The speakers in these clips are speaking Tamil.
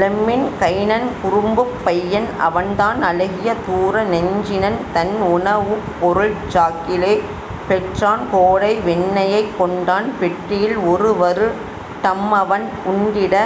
லெம்மின் கைனன் குறும்புப் பையன் அவன்தான் அழகிய தூர நெஞ்சினன் தன்உண வுப்பொருள் சாக்கிலே பெற்றான் கோடை வெண்ணெயைக் கொண்டான் பெட்டியில் ஒருவரு டம்மவன் உண்டிட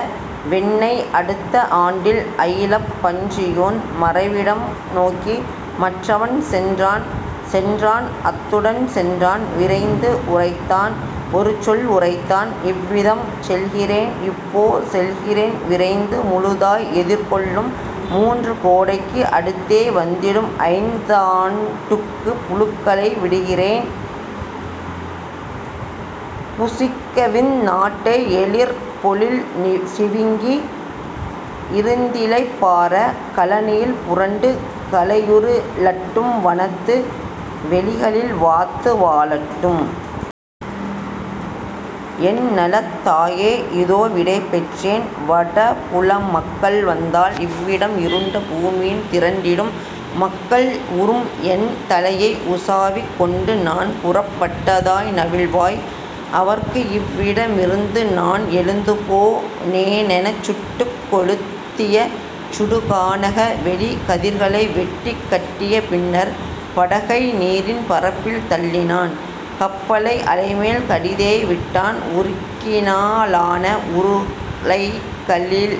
வெண்ணெய் அடுத்த ஆண்டில் அயிலப் பன்றியூன்; மறைவிடம் நோக்கி மற்றவன் சென்றான் சென்றான் அத்துடன் சென்றான் விரைந்து உரைத்தான் ஒருசொல் உரைத்தான் இவ்விதம்: "செல்கிறேன் இப்போ செல்கிறேன் விரைந்து முழுதாய் எதிர்கொளும் மூன்று கோடைக்கு அடுத்தே வந்திடும் ஐந்தாண் டுக்கு புழுக்களை விடுகிறேன் புசிக்கவிந் நாட்டை எழிற்பொழில் சிவிங்கி இருந்திளைப் பாற கழனியில் புரண்டு கலையுரு ளட்டும் வனத்து வெளிகளில் வாத்து வாழட்டும். என்நலத் தாயே, இதோவிடை பெற்றேன், வடபுல மக்கள் வந்தால் இவ்விடம் இருண்ட பூமியின் திரண்டிடும் மக்கள் உறும்என் தலையை உசாவிக் கொண்டு நான்புறப் பட்டதாய் நவில்வாய் அவர்க்கு இவ்விட மிருந்துநான் எழுந்துபோ னேனென சுட்டுக் கொழுத்திய சுடுகானக வெளி கதிர்களை வெட்டிக் கட்டிய பின்னர். " படகை நீரின் பரப்பில் தள்ளினான் கப்பலை அலைமேல் கடிதே விட்டான் உருக்கினா லான உருளைக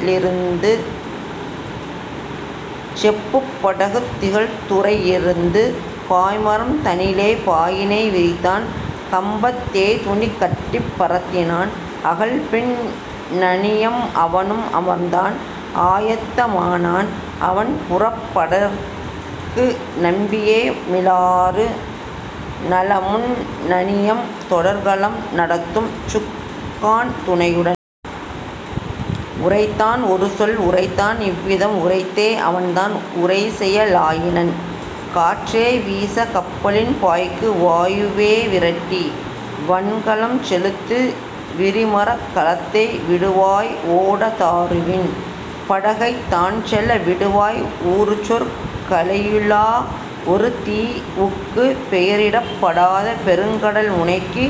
ளிருந்து செப்புப் படகுத் திகழ்துறை யிருந்து பாய்மரம் தனிலே பாயினை விரித்தான் கம்பத் தேதுணி கட்டிப் பரத்தினான்; அகல்பின் னணியம் அவனும் அமர்ந்தான் ஆயத்த மானான் அவன்புறப் படற்கு நம்பியே மிலாறு நல்முன் னணியம் தொடர்கலம் நடத்தும் சுக்கான் துணையுடன். உரைத்தான் ஒருசொல் உரைத்தான் இவ்விதம்: உரைத்தே அவன்தான் உரைசெய லாயினன்: "காற்றே வீசு கப்பலின் பாய்க்கு வாயுவே விரட்டி வன்கலம் செலுத்து விரிமரக் கலத்தை விடுவாய் ஓட தாருவின் படகைத் தான்செல விடுவாய் உறுசொற் களேயிலா ஒருதீ வுக்கு பெயரிடப் படாத பெருங்கடல் முனைக்கு.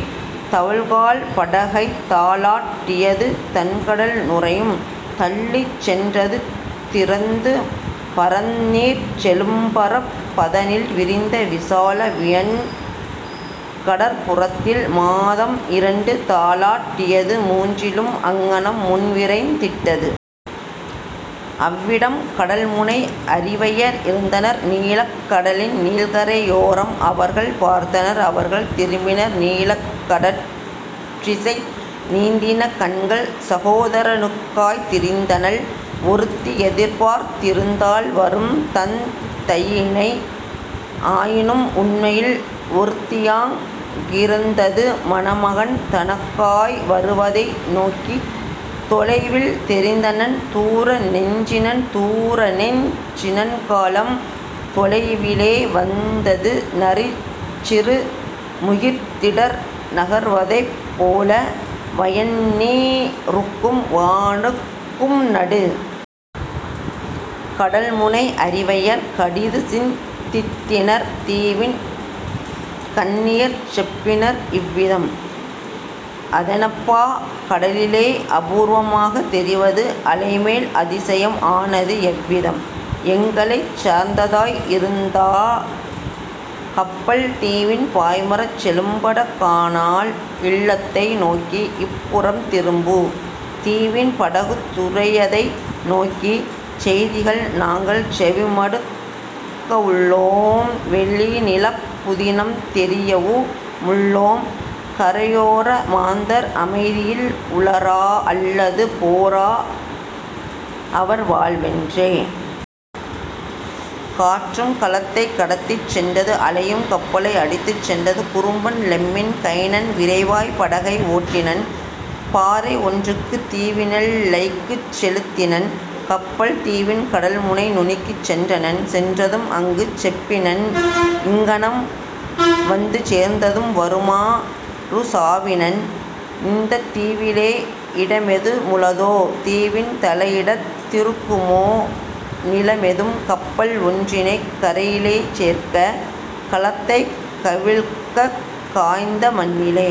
தவழ்கால் படகைத் தாலாட் டியது தண்கடல் நுரையும் தள்ளிச் சென்றது திறந்து பரந்தநீர்ச் செழும்பரப் பதனில் விரிந்த விசால வியன்கடற் புறத்தில்; மாதம் இரண்டு தாலாட் டியது மூன்றிலும் அங்ஙனம் முன்விரைந் திட்டது. அவ்விடம் கடல்முனை அரிவையர் இருந்தனர் நீலக் கடலின் நீள்கரை யோரம் அவர்கள் பார்த்தனர் அவர்கள் திரும்பினர் நீலக் கடற்றிசை நீந்தின கண்கள் சகோதர னுக்காய்த் தரித்தனள் ஒருத்தி எதிர்பார்த் திருந்தாள் வரும்தந் தையினை ஆயினும் உண்மையில் ஒருத்தியாங் கிருந்தது மணமகன் தனக்காய் வருவதை நோக்கி. தொலைவில் தெரிந்தனன் தூர நெஞ்சினன் தூரநெஞ் சினன்கலம் தொலைவிலே வந்தது நளிர்சிறு முகிற்திடர் நகர்வதைப் போல வயன்நீ ருக்கும் வானுக் கும்நடு. கடல்முனை அரிவையர் கடிதுசிந் தித்தினர் தீவின் கன்னியர் செப்பினர் இவ்விதம்: "அதெனப்பா கடலிலே அபூர்வமாக தெரிவது அலைமேல் அதிசயம் ஆனது எவ்விதம்? எங்களைச் சார்ந்ததாய் இருந்தால் கப்பல் தீவின் பாய்மரச் செழும்பட கானால் இல்லத்தை நோக்கி இப்புறம் திரும்பு தீவின் படகுத் துறையதை நோக்கி: செய்திகள் நாங்கள் செவிமடுக் கவுளோம் வெளிநிலப் புதினம் தெரியவு முள்ளோம் கரையோர மாந்தர் அமைதியில் உளரா அல்லது போரா அவர் வாழ்வென்றே. " காற்றும் கலத்தைக் கடத்திச் சென்றது அலையும் கப்பலை அடித்துச் சென்றது குறும்பன் லெம்மின் கைனன் விரைவாய் படகை ஓட்டினன் பாறை ஒன்றுக்கு தீவினெல் லைக்குச் செலுத்தினன் கப்பல் தீவின் கடல்முனை நுனிக்குச் சென்றனன். சென்றதும் அங்கு செப்பினன் இங்ஙனம் வந்து சேர்ந்ததும் வருமா றுசாவினன்: "இந்தத் தீவிலே இடமெது முளதோ தீவின் தலையிடத் திருக்குமோ நிலமெதும் கப்பல் ஒன்றினைக் கரையிலே சேர்க்க கலத்தைக் கவிழ்க்கக் காய்ந்த மண்ணிலே?